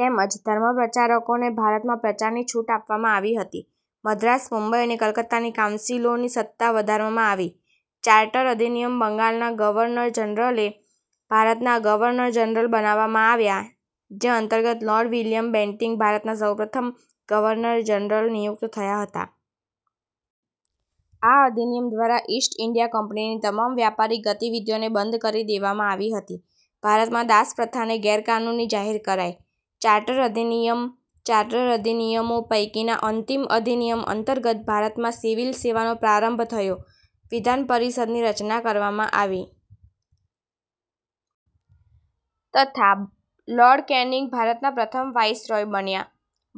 તેમજ ધર્મ પ્રચારકોને ભારતમાં પ્રચારની છૂટ આપવામાં આવી હતી. મદ્રાસ, મુંબઈ અને કલકત્તાની કાઉન્સિલોની સત્તા વધારવામાં આવી. ચાર્ટર અધિનિયમ બંગાળના ગવર્નર જનરલને ભારતના ગવર્નર જનરલ બનાવવામાં આવ્યા જે અંતર્ગત લૉર્ડ વિલિયમ બેન્ટીક ભારતના સૌ પ્રથમ ગવર્નર જનરલ નિયુક્ત થયા હતા. આ અધિનિયમ દ્વારા ઈસ્ટ ઈન્ડિયા કંપનીની તમામ વ્યાપારિક ગતિવિધિઓને બંધ કરી દેવામાં આવી હતી. ભારતમાં દાસપ્રથાને ગેરકાનૂની જાહેર કરાઈ. ચાર્ટર અધિનિયમ ચાર્ટર અધિનિયમો પૈકીના અંતિમ અધિનિયમ અંતર્ગત ભારતમાં સિવિલ સેવાનો પ્રારંભ થયો. વિધાન પરિષદની રચના કરવામાં આવી. તથા લોર્ડ કેનિંગ ભારતના પ્રથમ વાઈસરોય બન્યા.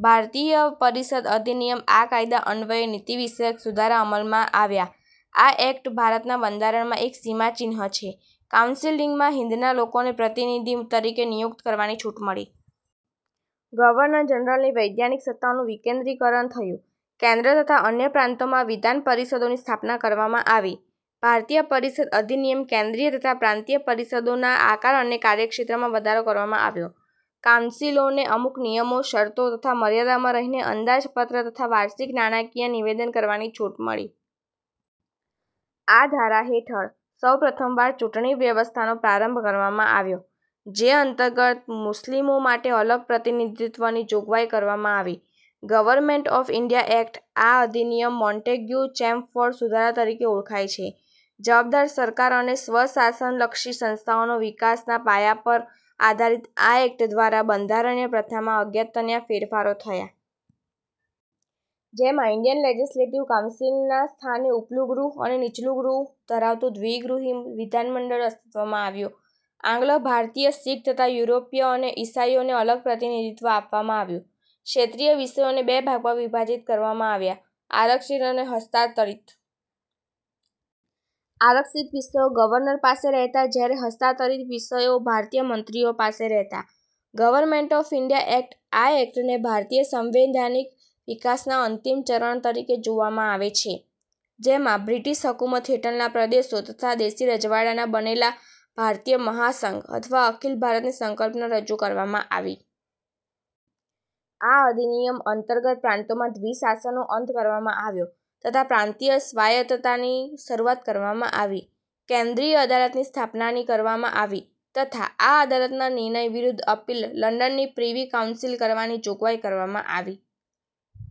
ભારતીય પરિષદ અધિનિયમ આ કાયદા અન્વયે નીતિવિષયક સુધારા અમલમાં આવ્યા. આ એક્ટ ભારતના બંધારણમાં એક સીમાચિહ્ન છે. કાઉન્સિલમાં હિંદના લોકોને પ્રતિનિધિ તરીકે નિયુક્ત કરવાની છૂટ મળી. ગવર્નર જનરલની વૈધાનિક સત્તાઓનું વિકેન્દ્રીકરણ થયું. કેન્દ્ર તથા અન્ય પ્રાન્તોમાં વિધાનપરિષદોની સ્થાપના કરવામાં આવી. ભારતીય પરિષદ અધિનિયમ કેન્દ્રીય તથા પ્રાંતીય પરિષદોના આકાર અને કાર્યક્ષેત્રમાં વધારો કરવામાં આવ્યો. કાઉન્સિલોને અમુક નિયમો, શરતો તથા મર્યાદામાં રહીને અંદાજપત્ર તથા વાર્ષિક નાણાકીય નિવેદન કરવાની છૂટ મળી. આ ધારા હેઠળ સૌ પ્રથમવાર ચૂંટણી વ્યવસ્થાનો પ્રારંભ કરવામાં આવ્યો. જે અંતર્ગત મુસ્લિમો માટે અલગ પ્રતિનિધિત્ત્વની જોગવાઈ કરવામાં આવી. ગવર્મેન્ટ ઓફ ઈન્ડિયા એક્ટ આ અધિનિયમ મોન્ટેગ્યુ-ચેમ્સફોર્ડ સુધારા તરીકે ઓળખાય છે. 'જવાબદાર સરકાર અને સ્વશાસનલક્ષી સંસ્થાઓનો વિકાસ'ના પાયા પર આધારિત આ એક્ટ દ્વારા બંધારણીય પ્રથામાં અગત્યના ફેરફારો થયા. જેમાં ઈન્ડિયન લેજેસ્લેટીવ કાઉન્સિલના સ્થાને ઊપલું ગૃહ અને નીચલું ગૃહ ધરાવતું દ્વિગૃહી વિધાનમંડળ અસ્તિત્વમાં આવ્યું. આંગ્લ-ભારતીય, શિખ તથા યુરોપીય અને ઈસાઈઓને અલગ પ્રતિનિધિત્ત્વ આપવામાં આવ્યું. ક્ષેત્રીય વિષયોને બે ભાગમાં વિભાજીત કરવામાં આવ્યા: આરક્ષિત અને હસ્તાંતરિત. આરક્ષિત વિષયો ગવર્નર પાસે રહેતા જ્યારે હસ્તાંતરીત વિષયો ભારતીય મંત્રીઓ પાસે રહેતા. ગવર્મેન્ટ ઓફ ઈન્ડિયા એક્ટ આ એક્ટને ભારતીય સંવૈધાનિક વિકાસના અંતિમ ચરણ તરીકે જોવામાં આવે છે. જેમાં બ્રિટીશ હકૂમત હેઠળના પ્રદેશો તથા દેશી રજવાડાંના બનેલા ભારતીય મહાસંઘ અથવા અખિલ ભારત ની સંકલ્પના રજૂ કરવામાં આવી. આ અધિનિયમ અંતર્ગત પ્રાંતોમાં દ્વિશાસનનો અંત કરવામાં આવ્યો તથા પ્રાંતીય સ્વાયતતાની શરૂઆત કરવામાં આવી. કેન્દ્રીય અદાલતની સ્થાપનાની કરવામાં આવી તથા આ અદાલતના નિર્ણય વિરુદ્ધ અપીલ લંડનની પ્રીવી કાઉન્સિલ કરવાની જોગવાઈ કરવામાં આવી.